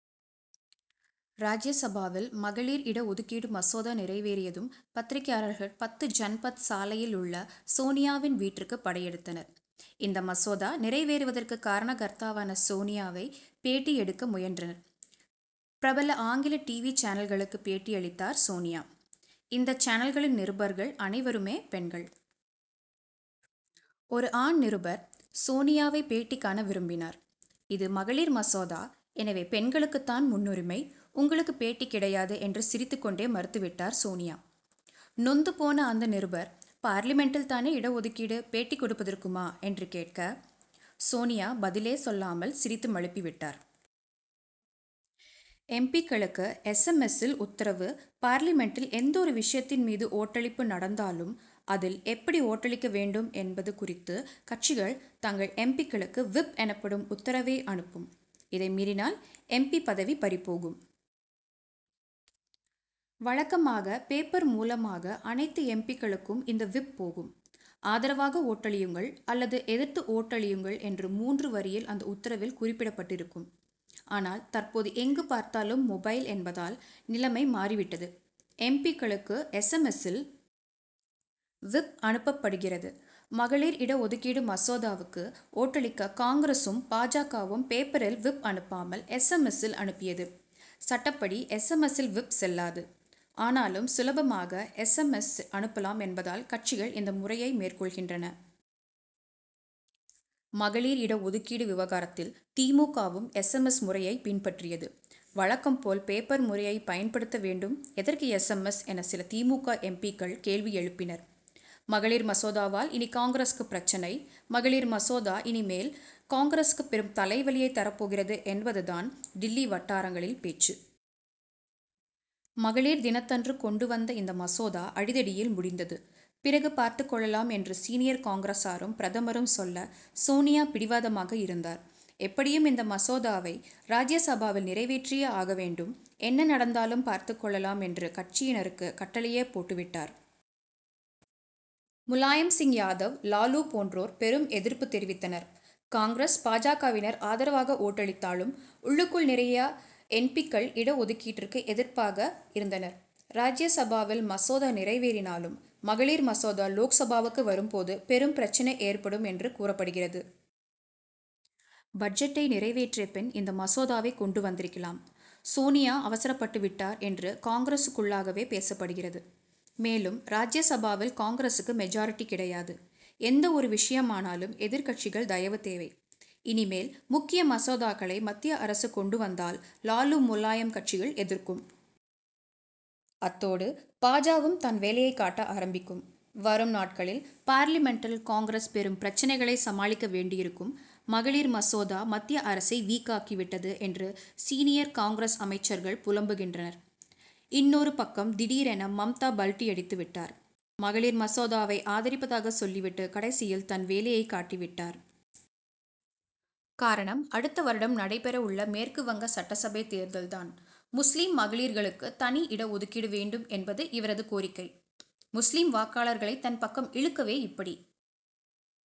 ராஜ்ய சபாவில் மகளிர் இட ஒதுக்கீடு மசோதா நிறைவேறியதும் பத்திரிகையாளர்கள் பத்து ஜன்பத் சாலையிலுள்ள சோனியாவின் வீட்டிற்கு படையெடுத்தனர். இந்த மசோதா நிறைவேறுவதற்கு காரணகர்த்தாவான சோனியாவை பேட்டி எடுக்க முயன்றனர். பிரபல ஆங்கில டிவி சேனல்களுக்கு பேட்டியளித்தார் சோனியா. இந்த சேனல்களின் நிருபர்கள் அனைவருமே பெண்கள். ஒரு ஆண் நிருபர் சோனியாவை பேட்டி காண விரும்பினார். இது மகளிர் மசோதா எனவே பெண்களுக்குத்தான் முன்னுரிமை உங்களுக்குப் பேட்டி கிடையாது என்று சிரித்துக் கொண்டே மறுத்துவிட்டார் சோனியா. நொந்து போன அந்த நிருபர் பார்லிமென்டில்தானே இட ஒதுக்கீடு பேட்டி கொடுப்பதற்குமா? என்று கேட்க சோனியா பதிலே சொல்லாமல் சிரித்து மழுப்பி விட்டார். எம். பி.க்களுக்கு எஸ். எம். எஸ்.சில் உத்தரவு பார்லிமென்டில் எந்த ஒரு விஷயத்தின் மீது ஓட்டளிப்பு நடந்தாலும் அதில் எப்படி ஓட்டளிக்க வேண்டும் என்பது குறித்து கட்சிகள் தங்கள் எம். பி.க்களுக்கு விப் எனப்படும் உத்தரவை அனுப்பும். இதை மீறினால் எம். பி. பதவி பறிபோகும். வழக்கமாக பேப்பர் மூலமாக அனைத்து எம். பி.க்களுக்கும் இந்த விப் போகும். ஆதரவாக ஓட்டளியுங்கள் அல்லது எதிர்த்து ஓட்டளியுங்கள் என்று மூன்று வரியில் அந்த உத்தரவில் குறிப்பிடப்பட்டிருக்கும். ஆனால் தற்போது எங்கு பார்த்தாலும் மொபைல் என்பதால் நிலைமை மாறிவிட்டது. எம். பி.க்களுக்கு எஸ். எம். எஸ்.சில் விப் அனுப்பப்படுகிறது. மகளிர் இடஒதுக்கீடு மசோதாவுக்கு ஓட்டளிக்க காங்கிரசும் பா. ஜ.வும் பேப்பரில் விப் அனுப்பாமல் எஸ். எம். எஸ். அனுப்பியது. சட்டப்படி எஸ். எம். எஸ். விப் செல்லாது. ஆனாலும் சுலபமாக எஸ். எம். எஸ். அனுப்பலாம் என்பதால் கட்சிகள் இந்த முறையை மேற்கொள்கின்றன. மகளிர் இட ஒதுக்கீடு விவகாரத்தில் தி. மு. க.வும் எஸ். எம். எஸ். முறையை பின்பற்றியது. வழக்கம் போல பேப்பர் முறையை பயன்படுத்த வேண்டும் எதற்கு எஸ். எம். எஸ். என சில தி. மு. க. எம். பி.க்கள் கேள்வி எழுப்பினர். மகளிர் மசோதாவால் இனி காங்கிரசுக்கு பிரச்னை மகளிர் மசோதா இனிமேல் காங்கிரசுக்கு பெரும் தலைவலியை தரப்போகிறது என்பதுதான் டில்லி வட்டாரங்களில் பேச்சு. மகளிர் தினத்தன்று கொண்டு வந்த இந்த மசோதா அடிதடியில் முடிந்தது. பிறகு பார்த்துக் கொள்ளலாம் என்று சீனியர் காங்கிரசாரும் பிரதமரும் சொல்ல சோனியா பிடிவாதமாக இருந்தார். எப்படியும் இந்த மசோதாவை ராஜ்யசபாவில் நிறைவேற்றியே ஆக வேண்டும். என்ன நடந்தாலும் பார்த்துக் கொள்ளலாம் என்று கட்சியினருக்கு கட்டளையே போட்டுவிட்டார். முலாயம் சிங் யாதவ் லாலு போன்றோர் பெரும் எதிர்ப்பு தெரிவித்தனர். காங்கிரஸ் பா. ஜ.வினர் ஆதரவாக ஓட்டளித்தாலும் உள்ளுக்குள் நிறைய எம். பி.க்கள் இட ஒதுக்கீட்டிற்கு எதிர்ப்பாக இருந்தனர். ராஜ்ய சபாவில் மசோதா நிறைவேறினாலும் மகளிர் மசோதா லோக்சபாவுக்கு வரும் போது பெரும் பிரச்னை ஏற்படும் என்று கூறப்படுகிறது. பட்ஜெட்டை நிறைவேற்றிய பின் இந்த மசோதாவை கொண்டு வந்திருக்கலாம். சோனியா அவசரப்பட்டு விட்டார் என்று காங்கிரசுக்குள்ளாகவே பேசப்படுகிறது. மேலும் ராஜ்யசபாவில் காங்கிரசுக்கு மெஜாரிடி கிடையாது. எந்த ஒரு விஷயமானாலும் எதிர்க்கட்சிகள் தயவு தேவை. இனிமேல் முக்கிய மசோதாக்களை மத்திய அரசு கொண்டு வந்தால் லாலு முலாயம் கட்சிகள் எதிர்க்கும். அத்தோடு பா. ஜ.வும் தன் வேலையைக் காட்ட ஆரம்பிக்கும். வரும் நாட்களில் பார்லிமென்டில் காங்கிரஸ் பெரும் பிரச்னைகளை சமாளிக்க வேண்டியிருக்கும். மகளிர் மசோதா மத்திய அரசை வீக் ஆக்கிவிட்டது என்று சீனியர் காங்கிரஸ் அமைச்சர்கள் புலம்புகின்றனர். இன்னொரு பக்கம் திடீரென மம்தா பல்டி அடித்துவிட்டார். மகளிர் மசோதாவை ஆதரிப்பதாக சொல்லிவிட்டு கடைசியில் தன் வேலையைக் காட்டிவிட்டார். காரணம் அடுத்த வருடம் நடைபெற உள்ள மேற்கு வங்க சட்டசபை தேர்தல்தான். முஸ்லிம் மகளிருக்கு தனி ஒதுக்கீடு வேண்டும் என்பது இவரது கோரிக்கை. முஸ்லிம் வாக்காளர்களை தன் பக்கம் இழுக்கவே இப்படி.